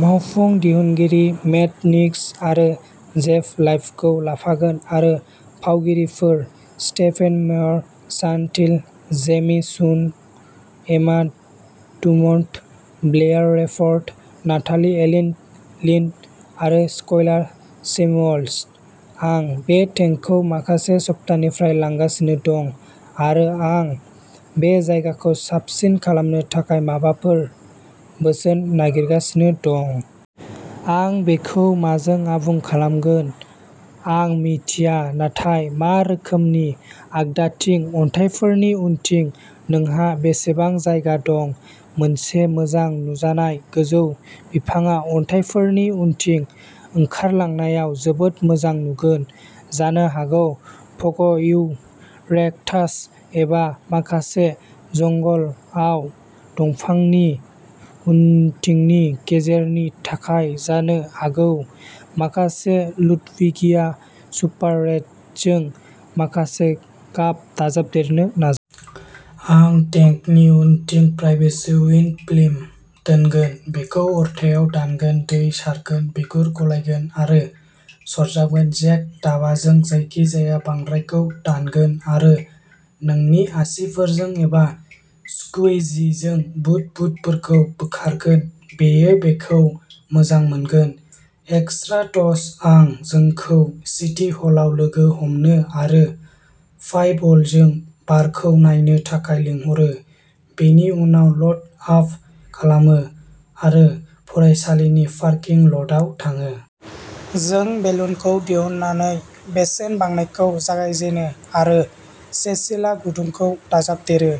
मावफुं दिहुनगिरि Matt Nix आरो जेफ ल'इबखौ लाफागोन आरो फावगिरिफोर Stephen Moyer Sean Teale Jamie Chung Emma Dumont Blair Redford Natalie Alyn Lind आरो स्काइलार सेमुअल्स। आं बे टेंकखौ माखासे सप्तानिफ्राय लांगासिनो दं आरो आं बे जायगाखौ साबसिन खालामनो थाखाय माबाफोर बोसोन नागिरगासिनो दं। आं बेखौ माजों आबुं खालामगोन आं मिथियो नाथाय मा रोखोमनि आगदाथिं अन्थाइफोरनि उनथिं नोंहा बेसेबां जायगा दं मोनसे मोजां नुजानाय गोजौ बिफांआ अन्थाइफोरनि उनथिं ओंखारलांनायाव जोबोद मोजां नुगोन जानो हागौ प'ग'इवरेक्टास एबा माखासे जंगल वाल दंफांनि उनथिंनि गेजेरनि थाखाय जानो हागौ माखासे लुडविगिया सुपार रेडजों माखासे गाब दाजाबदेरनो नाजा। आं टेंकनि उनथिं प्राइभेसि उइन्ड'फिल्म दोनगोन बेखौ अरथायाव दानगोन दै सारगोन बिगुर गलायगोन आरो सरजाबगोन जेक्ट'दाबाजों जायखिजाया बांद्रायखौ दानगोन आरो नोंनि आसिफोरजों एबा स्कुइजिजों बुद बुदफोरखौ बोखारगोन बेयो बेखौ मोजां मोनगोन। एक्सट्रा टच आं जोंखौ सिटी हलाव लोगो हमनो आरो पाइ बलजों बारखौ नायनो थाखाय लिंहरो बेनि उनाव ल'ड आप खालामो आरो फरायसालिनि पार्किं ल'टआव थाङो। जों बेलुनखौ दिहुननानै बेसेन बांनायखौ जागायजेनो आरो सेसिला गुदुंखौ दाजाबदेरो।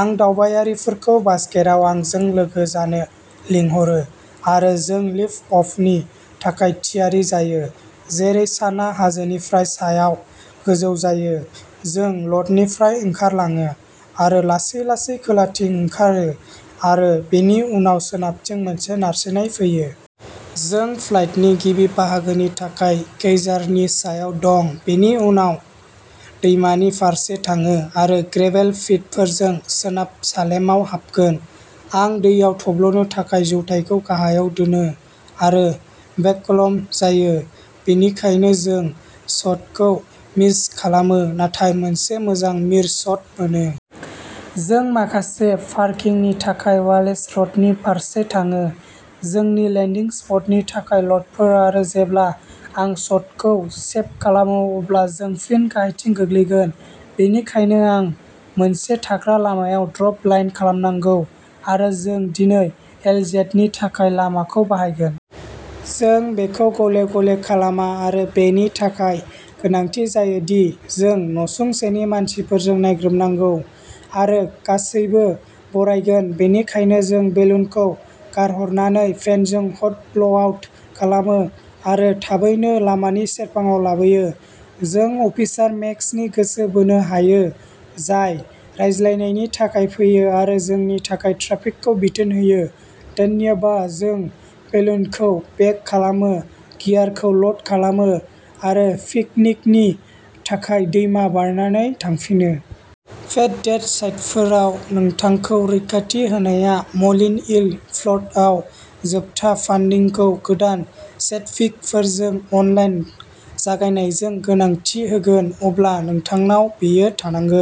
आं दावबायारिफोरखौ बास्केटआव आंजों लोगो जानो लिंहरो आरो जों लिफ्ट अफनि थाखाय थियारि जायो जेरै सानआ हाजोफोरनि सायाव गोजौ जायो। जों ल'टनिफ्राय ओंखारलाङो आरो लासै लासै खोलाथिं ओंखारो आरो बेनि उनाव सोनाबथिं मोनसे नारसिन्नाय फैयो। जों फ्लाइटनि गिबि बाहागोनि थाखाय केइजारनि सायाव दं बेनि उनाव दैमानि फारसे थाङो आरो ग्रेभेल पिटफोरजों सोनाब सालेमआव हाबगोन। आं दैयाव थब्लनो थाखाय जौथाइखौ गाहायाव दोनो आरो बेकलम जायो बेनिखायनो जों शटखौ मिस खालामो नाथाय मोनसे मोजां मिरर शट मोनो। जों माखासे पार्किंनि थाखाय वालेस र'डनि फारसे थाङो। जोंनि लेन्दिं स्पटनि थाखाय ल'टफोर आरो जेब्ला आं शटखौ सेब खालामो अब्ला जों फिन गाहायथिं गोग्लैगोन बेनिखायनो आं मोनसे थाग्रा लामायाव ड्रप लाइन खालामनांगौ आरो जों दिनै एलजेडनि थाखाय लामाखौ बाहायगोन। जों बेखौ गले गले खालामा आरो बेनि थाखाय गोनांथि जायो दि जों नसुंसेनि मानसिफोरजों नायग्रोमनांगौ आरो गासैबो बरायगोन बेनिखायनो जों बेलुनखौ गारहरनानै फेनजों हट ब्ल'आउट खालामो आरो थाबैनो लामानि सेरफाङाव लाबोयो। जों अफिसार मेक्सनि गोसो बोनो हायो जाय रायज्लायनायनि थाखाय फैयो आरो जोंनि थाखाय ट्राफिकखौ बिथोन होयो धन्यबा जों बेलुनखौ बेग खालामो गियारखौ ल'ड खालामो आरो पिकनिकनि थाखाय दैमा बारनानै थांफिनो। फेद डेट साइटफोराव नोंथांखौ रैखाथि होनाया म'लिन इल फ्लार्टआव जोबथा फान्डिंखौ गोदान चैडविकफोरजों अनलाइन जागायनायजों गनायथि होगोन अब्ला नोंथांनाव बेयो थानांगौ।